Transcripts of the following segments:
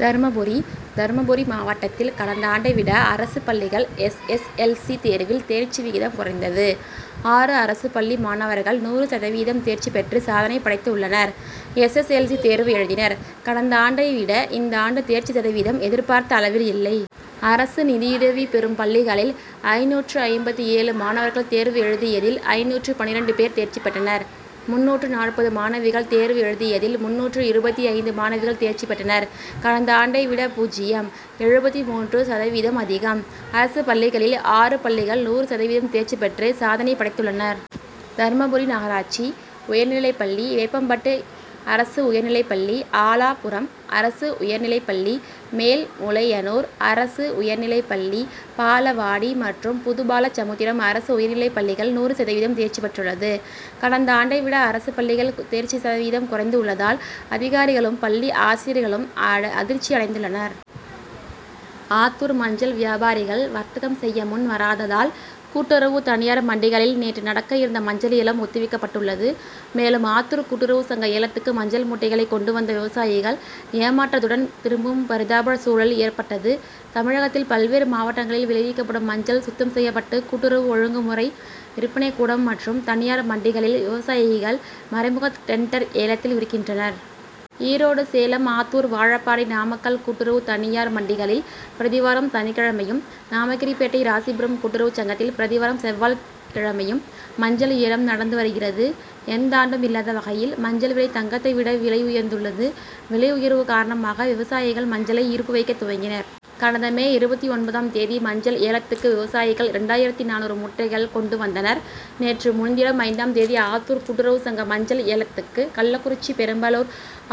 தர்மபுரி தர்மபுரி மாவட்டத்தில் கடந்தாண்டை விட அரசு பள்ளிகள் எஸ். எஸ். எல். ஸி. தேர்வில் தேர்ச்சி விகிதம் குறைந்தது. ஆறு அரசு பள்ளி மாணவர்கள் நூறு சதவீதம் தேர்ச்சி பெற்று சாதனை படைத்து உள்ளனர். எஸ். எல். ஸி. தேர்வு எழுதினர். கடந்தாண்டை விட இந்தாண்டு தேர்ச்சி சதவீதம் எதிர்பார்த்த அளவில் இல்லை. அரசு நிதியுதவி பெறும் பள்ளிகளில் ஐந்நூற்று ஐம்பத்தேழு மாணவர்கள் தேர்வு எழுதியதில், ஐந்நூற்று பன்னிரண்டு பேர் தேர்ச்சி பெற்றனர். முந்நூற்று நாற்பது மாணவிகள் தேர்வு எழுதியதில், முந்நூற்று இருபத்தைந்து மாணவிகள் தேர்ச்சி பெற்றனர். கடந்தாண்டை விட பூஜ்ஜியம். எழுபத்து மூன்று சதவீதம் அதிகம். அரசு பள்ளிகளில் ஆறு பள்ளிகள் நூறு சதவீதம் தேர்ச்சி பெற்று சாதனை படைத்துள்ளனர். தர்மபுரி நகராட்சி உயர்நிலைப்பள்ளி, வேப்பம்பட்டி அரசு உயர்நிலைப்பள்ளி, ஆலாபுரம் அரசு உயர்நிலைப்பள்ளி, மேல்மொளையனூர் அரசு உயர்நிலைப்பள்ளி, பாலவாடி மற்றும் புதுபாலசமுத்திரம் அரசு உயர்நிலைப்பள்ளிகள் நூறு சதவீதம் தேர்ச்சி பெற்றுள்ளது. கடந்தாண்டை விட அரசு பள்ளிகள் தேர்ச்சி சதவீதம் குறைந்துள்ளதால், அதிகாரிகளும், பள்ளி ஆசிரியர்களும் அதிர்ச்சி அடைந்துள்ளனர். ஆத்தூர் மஞ்சள் வியாபாரிகள் வர்த்தகம் செய்ய முன்வராததால் கூட்டுறவு, தனியார் மண்டிகளில் நேற்று நடக்க இருந்த மஞ்சள் ஏலம் ஒத்திவைக்கபட்டுள்ளது. மேலும், ஆத்தூர் கூட்டுறவு சங்க ஏலத்துக்கு மஞ்சள் மூட்டைகளை கொண்டு வந்த விவசாயிகள் ஏமாற்றத்துடன் திரும்பும் பரிதாப சூழல் ஏற்பட்டது. தமிழகத்தில் பல்வேறு மாவட்டங்களில் விளைவிக்கப்படும் மஞ்சள் சுத்தம் செய்யப்பட்டு கூட்டுறவு, ஒழுங்கு முறை விற்பனை கூடம் மற்றும் தனியார் மண்டிகளில் விவசாயிகள் மறைமுக டெண்டர் ஏலத்தில் விற்கின்றனர். ஈரோடு, சேலம், ஆத்தூர், வாழப்பாடி, நாமக்கல் கூட்டுறவு, தனியார் மண்டிகளில் பிரதி வாரம் சனிக்கிழமையும், நாமகிரிபேட்டை, ராசிபுரம் கூட்டுறவு சங்கத்தில் பிரதி வாரம் செவ்வாய்கிழமையிலும் மஞ்சள் ஏலம் நடந்து வருகிறது. எந்தாண்டும் இல்லாத வகையில் மஞ்சள் விலை தங்கத்தை விட விலை உயர்ந்துள்ளது. விலை உயர்வு காரணமாக விவசாயிகள் மஞ்சளை இருப்பு வைக்க துவங்கினர். கடந்த மே இருபத்தொன்பதாம் தேதி மஞ்சள் ஏலத்துக்கு விவசாயிகள் இரண்டாயிரத்து நானூறு மூட்டைகள் கொண்டு வந்தனர். நேற்று முன்தினம் ஐந்தாம் தேதி ஆத்தூர் கூட்டுறவு சங்க மஞ்சள் ஏலத்துக்கு கள்ளக்குறிச்சி, பெரம்பலூர்,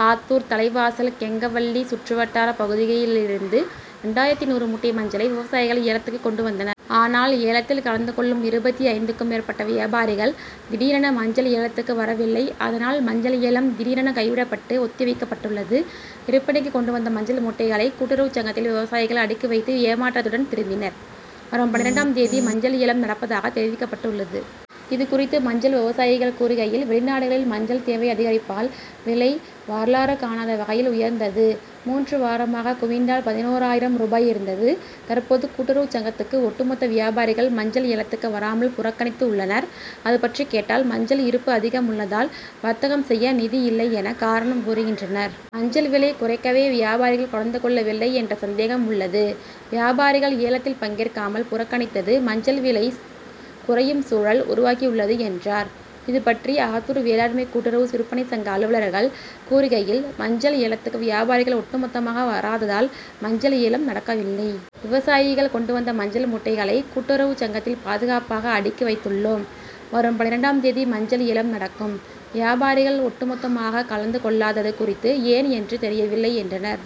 ஆத்தூர், தலைவாசல், கெங்கவல்லி சுற்றுவட்டார பகுதிகளிலிருந்து இரண்டாயிரத்து நூறு மூட்டை மஞ்சளை விவசாயிகள் ஏலத்துக்கு கொண்டு வந்தனர். ஆனால், ஏலத்தில் கலந்து கொள்ளும் இருபத்தைந்துக்கும் மேற்பட்ட வியாபாரிகள் திடீரென மஞ்சள் ஏலத்துக்கு வரவில்லை. அதனால், மஞ்சள் ஏலம் திடீரென கைவிடப்பட்டு ஒத்தி வைக்கப்பட்டுள்ளது. விற்பனைக்கு கொண்டு வந்த மஞ்சள் மூட்டைகளை கூட்டுறவு சங்கத்தில் விவசாயிகள் அடுக்கி வைத்து ஏமாற்றத்துடன் திரும்பினர். வரும் பன்னிரண்டாம் தேதி மஞ்சள் ஏலம் நடப்பதாக தெரிவிக்கப்பட்டுள்ளது. இது குறித்து மஞ்சள் விவசாயிகள் கூறுகையில், வெளிநாடுகளில் மஞ்சள் தேவை அதிகரிப்பால் விலை வரலாறு காணாத வகையில் உயர்ந்தது. மூன்று வாரமாக குவிண்டால் பதினோறாயிரம் ரூபாய் இருந்தது. தற்போது கூட்டுறவு சங்கத்துக்கு ஒட்டு மொத்தமாக வியாபாரிகள் மஞ்சள் ஏலத்துக்கு வராமல் புறக்கணித்துள்ளனர். அதுபற்றி கேட்டால் மஞ்சள் இருப்பு அதிகம் உள்ளதால், வர்த்தகம் செய்ய நிதி இல்லை என, காரணம் கூறுகின்றனர். மஞ்சள் விலை குறைக்கவே வியாபாரிகள் கலந்து கொள்ளவில்லை என்ற சந்தேகம் உள்ளது. வியாபாரிகள் ஏலத்தில் பங்கேற்காமல் புறக்கணித்தது மஞ்சள் விலை குறையும் சூழல் உருவாகியுள்ளது என்றார். இது பற்றி ஆத்தூர் வேளாண்மை கூட்டுறவு விற்பனை சங்க அலுவலர்கள் கூறுகையில் மஞ்சள் ஏலத்துக்கு வியாபாரிகள் ஒட்டு மொத்தமாக வராததால், மஞ்சள் ஏலம் நடக்கவில்லை. விவசாயிகள் கொண்டு வந்த மஞ்சள் மூட்டைகளை கூட்டுறவு சங்கத்தில் பாதுகாப்பாக அடுக்கி வைத்துள்ளோம். வரும் பன்னிரண்டாம் தேதி மஞ்சள் ஏலம் நடக்கும். வியாபாரிகள் ஒட்டு மொத்தமாக கலந்து கொள்ளாதது குறித்து ஏன் என்று தெரியவில்லை, என்றனர்.